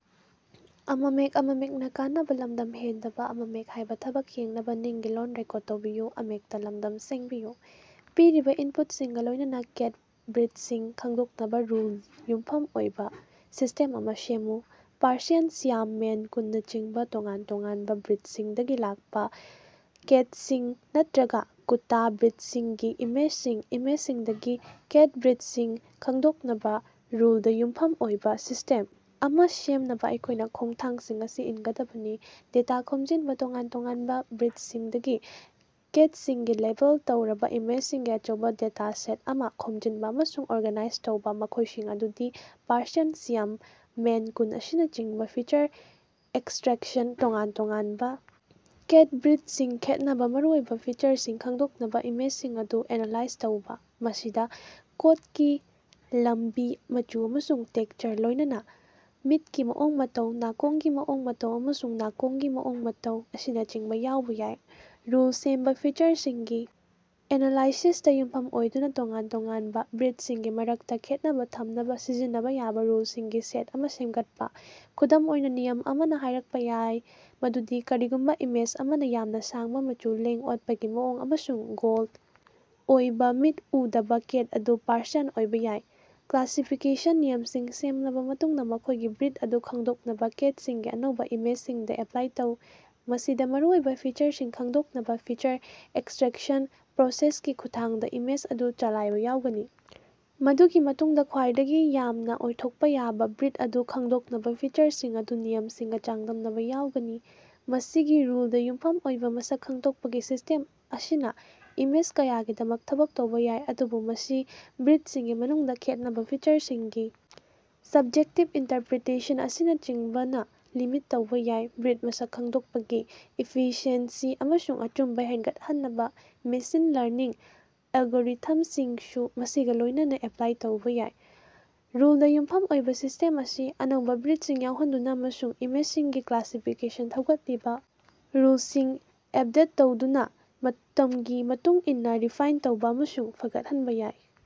ꯄꯤꯔꯤꯕ ꯏꯟꯄꯨꯠꯁꯤꯡꯒ ꯂꯣꯏꯅꯅ ꯀꯦꯠ ꯕ꯭ꯔꯤꯠꯁꯤꯡ ꯈꯪꯗꯣꯛꯅꯕ ꯔꯨꯜꯗ ꯌꯨꯝꯐꯝ ꯑꯣꯏꯕ ꯁꯤꯁꯇꯦꯝ ꯑꯃ ꯁꯦꯝꯃꯨ꯫ ꯄꯥꯔꯁꯤꯌꯥꯟ ꯁꯤꯌꯥꯝ ꯃꯦꯟ ꯀꯨꯟꯅꯆꯤꯡꯕ ꯇꯣꯉꯥꯟ ꯇꯣꯉꯥꯟꯕ ꯕ꯭ꯔꯤꯠꯁꯤꯡꯗꯒꯤ ꯂꯥꯛꯄ ꯀꯦꯠꯁꯤꯡ ꯅꯠꯇ꯭ꯔꯒꯥ ꯀꯨꯠꯇꯥ ꯕ꯭ꯔꯤꯠꯁꯤꯡꯒꯤ ꯏꯃꯦꯖꯁꯤꯡ꯫ ꯏꯃꯦꯖꯁꯤꯡꯗꯒꯤ ꯀꯦꯠ ꯕ꯭ꯔꯤꯠꯁꯤꯡ ꯈꯪꯗꯣꯛꯅꯕ ꯔꯨꯜꯗ ꯌꯨꯝꯐꯝ ꯑꯣꯏꯕ ꯁꯤꯁꯇꯦꯝ ꯑꯃ ꯁꯦꯝꯅꯕ ꯑꯩꯈꯣꯏꯅ ꯈꯣꯡꯊꯥꯡꯁꯤꯡ ꯑꯁꯤ ꯏꯟꯒꯗꯕꯅꯤ ꯗꯦꯇꯥ ꯈꯣꯝꯖꯤꯟꯕꯥ ꯇꯣꯉꯥꯟ ꯇꯣꯉꯥꯟꯕ ꯕ꯭ꯔꯤꯠꯁꯤꯡꯗꯒꯤ ꯀꯦꯠꯁꯤꯡꯒꯤ ꯂꯦꯕꯦꯜ ꯇꯧꯔꯕ ꯏꯃꯦꯖꯁꯤꯡꯒꯤ ꯑꯆꯧꯕ ꯗꯦꯇꯥꯁꯦꯠ ꯑꯃ ꯈꯣꯝꯖꯤꯟꯕ ꯑꯃꯁꯨꯡ ꯑꯣꯔꯒꯅꯥꯏꯖ ꯇꯧꯕ ꯃꯈꯣꯏꯁꯤꯡ ꯑꯗꯨꯗꯤ ꯄꯥꯔꯁꯤꯌꯥꯟ ꯁꯤꯌꯥꯝ ꯃꯦꯟ ꯀꯨꯟ ꯑꯁꯤꯅꯆꯤꯡꯕ ꯐꯤꯆꯔ ꯑꯦꯛꯁꯇꯔꯥꯛꯁꯟ ꯇꯣꯉꯥꯟ ꯇꯣꯉꯥꯟꯕ ꯀꯦꯠ ꯕ꯭ꯔꯤꯠꯁꯤꯡ ꯈꯦꯠꯅꯕ ꯃꯔꯨꯑꯣꯏꯕ ꯐꯤꯆꯔꯁꯤꯡ ꯈꯪꯗꯣꯛꯅꯕ ꯏꯃꯦꯖꯁꯤꯡ ꯑꯗꯨ ꯑꯦꯅꯥꯂꯥꯏꯖ ꯇꯧꯕ꯫ ꯃꯁꯤꯗ ꯀꯣꯠꯀꯤ ꯂꯝꯕꯤ ꯃꯆꯨ ꯑꯃꯁꯨꯡ ꯇꯦꯛꯁꯆꯔ ꯂꯣꯏꯅꯅ ꯃꯤꯠꯀꯤ ꯃꯑꯣꯡ ꯃꯇꯧ ꯅꯥꯀꯣꯡꯒꯤ ꯃꯑꯣꯡ ꯃꯇꯧ ꯑꯃꯁꯨꯡ ꯅꯥꯀꯣꯡꯒꯤ ꯃꯑꯣꯡ ꯃꯇꯧ ꯑꯁꯤꯅꯆꯤꯡꯕ ꯌꯥꯎꯕ ꯌꯥꯏ꯫ ꯔꯨꯜ ꯁꯦꯝꯕ ꯐꯤꯆꯔꯁꯤꯡꯒꯤ ꯑꯦꯅꯥꯂꯥꯏꯁꯤꯁꯇꯥ ꯌꯨꯝꯐꯝ ꯑꯣꯏꯗꯨꯅ ꯇꯣꯉꯥꯟ ꯇꯣꯉꯥꯟꯕ ꯕ꯭ꯔꯤꯠꯁꯤꯡꯒꯤ ꯃꯔꯛꯇ ꯈꯦꯠꯅꯕ ꯊꯝꯅꯕ ꯁꯤꯖꯤꯟꯅꯕ ꯌꯥꯕ ꯔꯨꯜꯁꯤꯡꯒꯤ ꯁꯦꯠ ꯑꯃ ꯁꯦꯝꯒꯠꯄ꯫ ꯈꯨꯗꯝ ꯑꯣꯏꯅ ꯅꯤꯌꯝ ꯑꯃꯅ ꯍꯥꯏꯔꯛꯄ ꯌꯥꯏ ꯃꯗꯨꯗꯤ ꯀꯔꯤꯒꯨꯝꯕ ꯏꯃꯦꯖ ꯑꯃꯅ ꯌꯥꯝꯅ ꯁꯥꯡꯕ ꯃꯆꯨ ꯂꯦꯡ ꯑꯣꯠꯄꯒꯤ ꯃꯑꯣꯡ ꯑꯃꯁꯨꯡ ꯒꯣꯜꯗ ꯑꯣꯏꯕ ꯃꯤꯠ ꯎꯗꯕ ꯀꯦꯠ ꯑꯗꯨ ꯄꯥꯔꯁꯤꯌꯥꯟ ꯑꯣꯏꯕ ꯌꯥꯏ꯫ ꯀ꯭ꯂꯥꯁꯤꯐꯤꯀꯦꯁꯟ ꯅꯤꯌꯝꯁꯤꯡ ꯁꯦꯝꯂꯕ ꯃꯇꯨꯡꯗ ꯃꯈꯣꯏꯒꯤ ꯕ꯭ꯔꯤꯠ ꯑꯗꯨ ꯈꯪꯗꯣꯛꯅꯕ ꯀꯦꯠꯁꯤꯡꯒꯤ ꯑꯅꯧꯕ ꯏꯃꯦꯖꯁꯤꯡꯗ ꯑꯦꯞꯂꯥꯏ ꯇꯧ꯫ ꯃꯁꯤꯗ ꯃꯔꯨꯑꯣꯏꯕ ꯐꯤꯆꯔꯁꯤꯡ ꯈꯪꯗꯣꯛꯅꯕ ꯐꯤꯆꯔ ꯑꯦꯛꯁꯇꯔꯥꯛꯁꯟ ꯄ꯭ꯔꯣꯁꯦꯁꯀꯤ ꯈꯨꯠꯊꯥꯡꯗ ꯏꯃꯦꯖ ꯑꯗꯨ ꯆꯂꯥꯏꯕ ꯌꯥꯎꯒꯅꯤ ꯃꯗꯨꯒꯤ ꯃꯇꯨꯡꯗ ꯈ꯭ꯋꯥꯏꯗꯒꯤ ꯌꯥꯝꯅ ꯑꯣꯏꯊꯣꯛꯄ ꯌꯥꯕ ꯕ꯭ꯔꯤꯠ ꯑꯗꯨ ꯈꯡꯗꯣꯛꯅꯕ ꯐꯤꯆꯔꯁꯤꯡ ꯑꯗꯨ ꯅꯤꯌꯝꯁꯤꯡꯒ ꯆꯥꯡꯗꯝꯅꯕ ꯌꯥꯎꯒꯅꯤ꯫ ꯃꯁꯤꯒꯤ ꯔꯨꯜꯗ ꯌꯨꯝꯐꯝ ꯑꯣꯏꯕ ꯃꯁꯛ ꯈꯪꯗꯣꯛꯄꯒꯤ ꯁꯤꯁ꯭ꯇꯦꯝ ꯑꯁꯤꯅ ꯏꯃꯦꯖ ꯀꯌꯥꯒꯤꯗꯃꯛ ꯊꯕꯛ ꯇꯧꯕ ꯌꯥꯏ ꯑꯗꯨꯕꯨ ꯃꯁꯤ ꯕ꯭ꯔꯤꯠꯁꯤꯡꯒꯤ ꯃꯅꯨꯡꯗ ꯈꯦꯠꯅꯕ ꯐꯤꯆꯔꯁꯤꯡꯒꯤ ꯁꯕꯖꯦꯛꯇꯤꯕ ꯏꯟꯇꯔꯄꯔꯤꯇꯦꯁꯟ ꯑꯁꯤꯅꯆꯤꯡꯕꯅ ꯂꯤꯃꯤꯠ ꯇꯧꯕ ꯌꯥꯏ ꯕ꯭ꯔꯤꯠ ꯃꯁꯛ ꯈꯪꯗꯣꯛꯄꯒꯤ ꯏꯐꯤꯁꯤꯑꯦꯟꯁꯤ ꯑꯃꯁꯨꯡ ꯑꯆꯨꯝꯕ ꯍꯦꯟꯒꯠꯍꯟꯅꯕ ꯃꯦꯁꯤꯟ ꯂꯔꯅꯤꯡ ꯑꯦꯜꯒꯣꯔꯤꯊꯝꯁꯤꯡꯁꯨ ꯃꯁꯤꯒ ꯂꯣꯏꯅꯅ ꯑꯦꯞꯂꯥꯏ ꯇꯧꯕ ꯌꯥꯏ꯫ ꯔꯨꯜꯗ ꯌꯨꯝꯐꯝ ꯑꯣꯏꯕ ꯁꯤꯁꯇꯦꯝ ꯑꯁꯤ ꯑꯅꯧꯕ ꯕ꯭ꯔꯤꯠꯁꯤꯡ ꯌꯥꯎꯍꯟꯗꯨꯅ ꯑꯃꯁꯨꯡ ꯏꯃꯦꯖꯁꯤꯡꯒꯤ ꯀ꯭ꯂꯥꯁꯤꯐꯤꯀꯦꯁꯟ ꯊꯧꯒꯠꯂꯤꯕ ꯔꯨꯜꯁꯤꯡ ꯑꯞꯗꯦꯠ ꯇꯧꯗꯨꯅ ꯃꯇꯝꯒꯤ ꯃꯇꯨꯡ ꯏꯟꯅ ꯔꯤꯐꯥꯏꯟ ꯇꯧꯕ ꯑꯃꯁꯨꯡ ꯐꯒꯠꯍꯟꯕ ꯌꯥꯏ꯫